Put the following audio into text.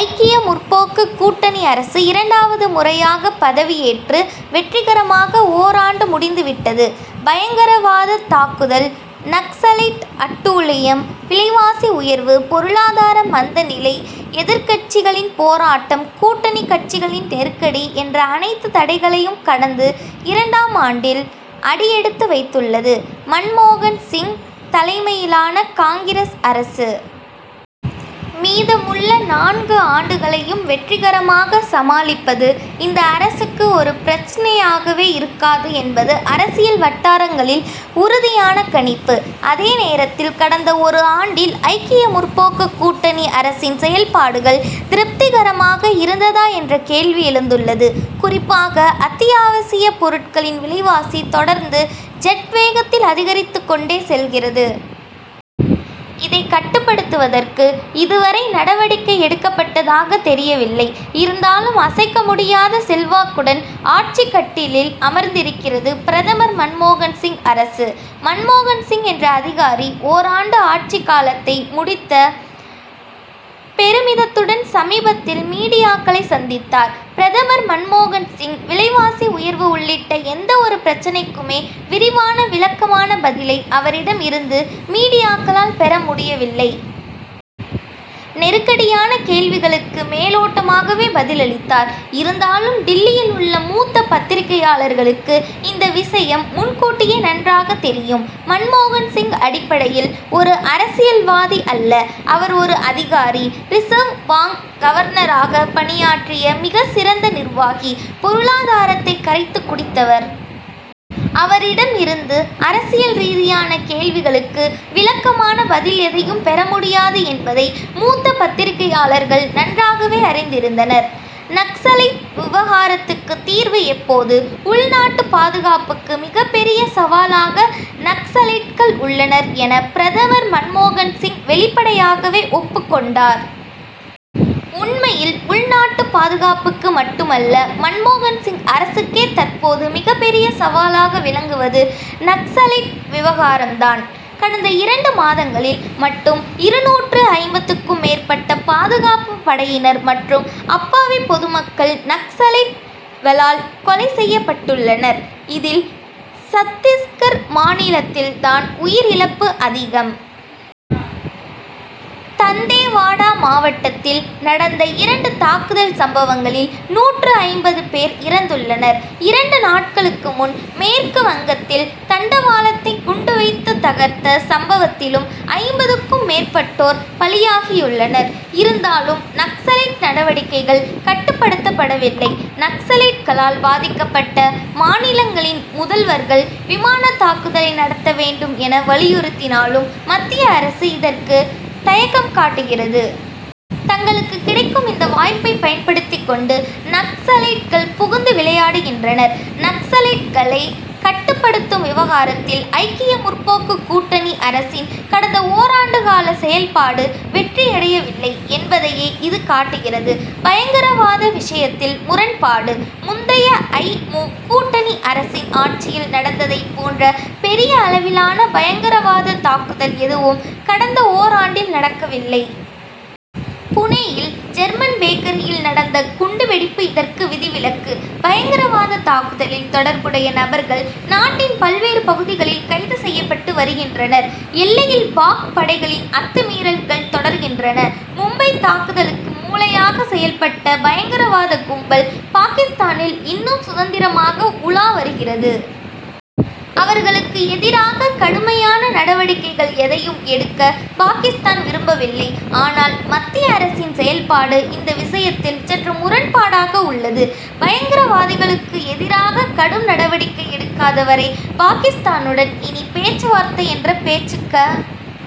ஐக்கிய முற்போக்கு கூட்டணி அரசு இரண்டாவது முறையாக பதவியேற்று வெற்றிகரமாக ஓராண்டு முடிந்து விட்டது. பயங்கரவாத தாக்குதல், நக்சலைட் அட்டூழியம், விலைவாசி உயர்வு, பொருளாதார மந்த நிலை, எதிர்க்கட்சிகளின் போராட்டம், கூட்டணி கட்சிகளின் நெருக்கடி என்ற அனைத்து தடைகளையும் கடந்து, இரண்டாம் ஆண்டில் அடி எடுத்து வைத்துள்ளது, மன்மோகன் சிங் தலைமையிலான காங்கிரஸ் அரசு. மீதமுள்ள நான்கு ஆண்டுகளையும் வெற்றிகரமாக சமாளிப்பது, இந்த அரசுக்கு ஒரு பிரச்னையாகவே இருக்காது என்பது அரசியல் வட்டாரங்களில் உறுதியான கணிப்பு. அதே நேரத்தில், கடந்த ஒரு ஆண்டில் ஐக்கிய முற்போக்கு கூட்டணி அரசின் செயல்பாடுகள் திருப்திகரமாக இருந்ததா என்ற கேள்வி எழுந்துள்ளது. குறிப்பாக, அத்தியாவசியப் பொருட்களின் விலைவாசி தொடர்ந்து ஜெட் வேகத்தில் அதிகரித்துக் கொண்டே செல்கிறது. இதை கட்டுப்படுத்துவதற்கு இதுவரை நடவடிக்கை எடுக்கப்பட்டதாக தெரியவில்லை. இருந்தாலும், அசைக்க முடியாத செல்வாக்குடன் ஆட்சிக் கட்டிலில் அமர்ந்திருக்கிறது பிரதமர் மன்மோகன் சிங் அரசு. மன்மோகன் சிங் என்ற அதிகாரி ஓராண்டு ஆட்சி காலத்தை முடித்த பெருமிதத்துடன் சமீபத்தில் மீடியாக்களை சந்தித்தார், பிரதமர் மன்மோகன் சிங். விலைவாசி உயர்வு உள்ளிட்ட எந்த ஒரு பிரச்னைக்குமே விரிவான, விளக்கமான பதிலை அவரிடம் இருந்து மீடியாக்களால் பெற முடியவில்லை. நெருக்கடியான கேள்விகளுக்கு மேலோட்டமாகவே பதில் அளித்தார். இருந்தாலும், டில்லியில் உள்ள மூத்த பத்திரிகையாளர்களுக்கு இந்த விஷயம் முன் கூட்டியே நன்றாக தெரியும். மன்மோகன் சிங், அடிப்படையில் ஒரு அரசியல்வாதி அல்ல. அவர் ஒரு அதிகாரி. ரிசர்வ் பாங்க் கவர்னராக பணியாற்றிய, மிகச் சிறந்த நிர்வாகி. பொருளாதாரத்தை கரைத்துக் குடித்தவர். அவரிடம் இருந்து அரசியல் ரீதியான கேள்விகளுக்கு விளக்கமான பதில் எதையும் பெற முடியாது என்பதை, மூத்த பத்திரிகையாளர்கள் நன்றாகவே அறிந்திருந்தனர். நக்சலைட் விவகாரத்துக்கு தீர்வு எப்போது? உள்நாட்டு பாதுகாப்புக்கு மிகப் பெரிய சவாலாக நக்சலைட்கள் உள்ளனர்' என, பிரதமர் மன்மோகன் சிங் வெளிப்படையாகவே ஒப்புக் கொண்டார். உண்மையில், உள்நாட்டு பாதுகாப்புக்கு மட்டுமல்ல, மன்மோகன் சிங் அரசுக்கே தற்போது மிகப் பெரிய சவாலாக விளங்குவது நக்சலைட் விவகாரம் தான். கடந்த இரண்டு மாதங்களில் மட்டும் இருநூற்று ஐம்பதுக்கும் மேற்பட்ட பாதுகாப்பு படையினர் மற்றும் அப்பாவி பொதுமக்கள் நக்சலைட் களால் கொலை செய்யப் பட்டுள்ளனர். இதில், சத்திஸ்கர் மாநிலத்தில் தான் உயிரிழப்பு அதிகம். தந்தேவாடா மாவட்டத்தில் நடந்த இரண்டு தாக்குதல் சம்பவங்களில் நூற்று ஐம்பது பேர் இறந்துள்ளனர். இரண்டு நாட்களுக்கு முன் மேற்கு வங்கத்தில் தண்டவாளத்தை குண்டு வைத்து தகர்த்த சம்பவத்திலும் ஐம்பதுக்கும் மேற்பட்டோர் பலியாகியுள்ளனர். இருந்தாலும், நக்சலைட் நடவடிக்கைகள் கட்டுப்படுத்தப்படவில்லை. நக்சலைட்களால் பாதிக்கப்பட்ட மாநிலங்களின் முதல்வர்கள், விமான தாக்குதலை நடத்த வேண்டும் என, வலியுறுத்தினாலும், மத்திய அரசு இதற்கு தயக்கம் காட்டுகிறது. தங்களுக்கு கிடைக்கும் இந்த வாய்ப்பை பயன்படுத்திக் கொண்டு, நக்சலைட்கள் புகுந்து விளையாடுகின்றனர். நக்சலைட்களை கட்டுப்படுத்தும் விவகாரத்தில் ஐக்கிய முற்போக்கு கூட்டணி அரசின் கடந்த ஓராண்டு கால செயல்பாடு வெற்றியடையவில்லை என்பதையே இது காட்டுகிறது. பயங்கரவாத விஷயத்தில் முரண்பாடு: முந்தைய ஐ. மு., கூட்டணி அரசின் ஆட்சியில் நடந்ததை போன்ற பெரிய அளவிலான பயங்கரவாத தாக்குதல் எதுவும் கடந்த ஓராண்டில் நடக்கவில்லை. புனேயில் ஜெர்மன் பேக்கரியில் நடந்த குண்டு வெடிப்பு இதற்கு விதிவிலக்கு. பயங்கரவாத தாக்குதலில் தொடர்புடைய நபர்கள், நாட்டின் பல்வேறு பகுதிகளில் கைது செய்யப்பட்டு வருகின்றனர். எல்லையில் பாக்., படைகளின் அத்துமீறல்கள் தொடர்கின்றன. மும்பை தாக்குதலுக்கு மூளையாக செயல்பட்ட பயங்கரவாத கும்பல், பாகிஸ்தானில் இன்னும் சுதந்திரமாக உலா வருகிறது. அவர்களுக்கு எதிராக கடுமையான நடவடிக்கைகள் எதையும் எடுக்க, பாகிஸ்தான் விரும்பவில்லை. ஆனால், மத்திய அரசின் செயல்பாடு இந்த விஷயத்தில் சற்று முரண்பாடாக உள்ளது. பயங்கரவாதிகளுக்கு எதிராக கடும் நடவடிக்கை எடுக்காத வரை, பாகிஸ்தானுடன் இனி பேச்சுவார்த்தை என்ற பேச்சுக்க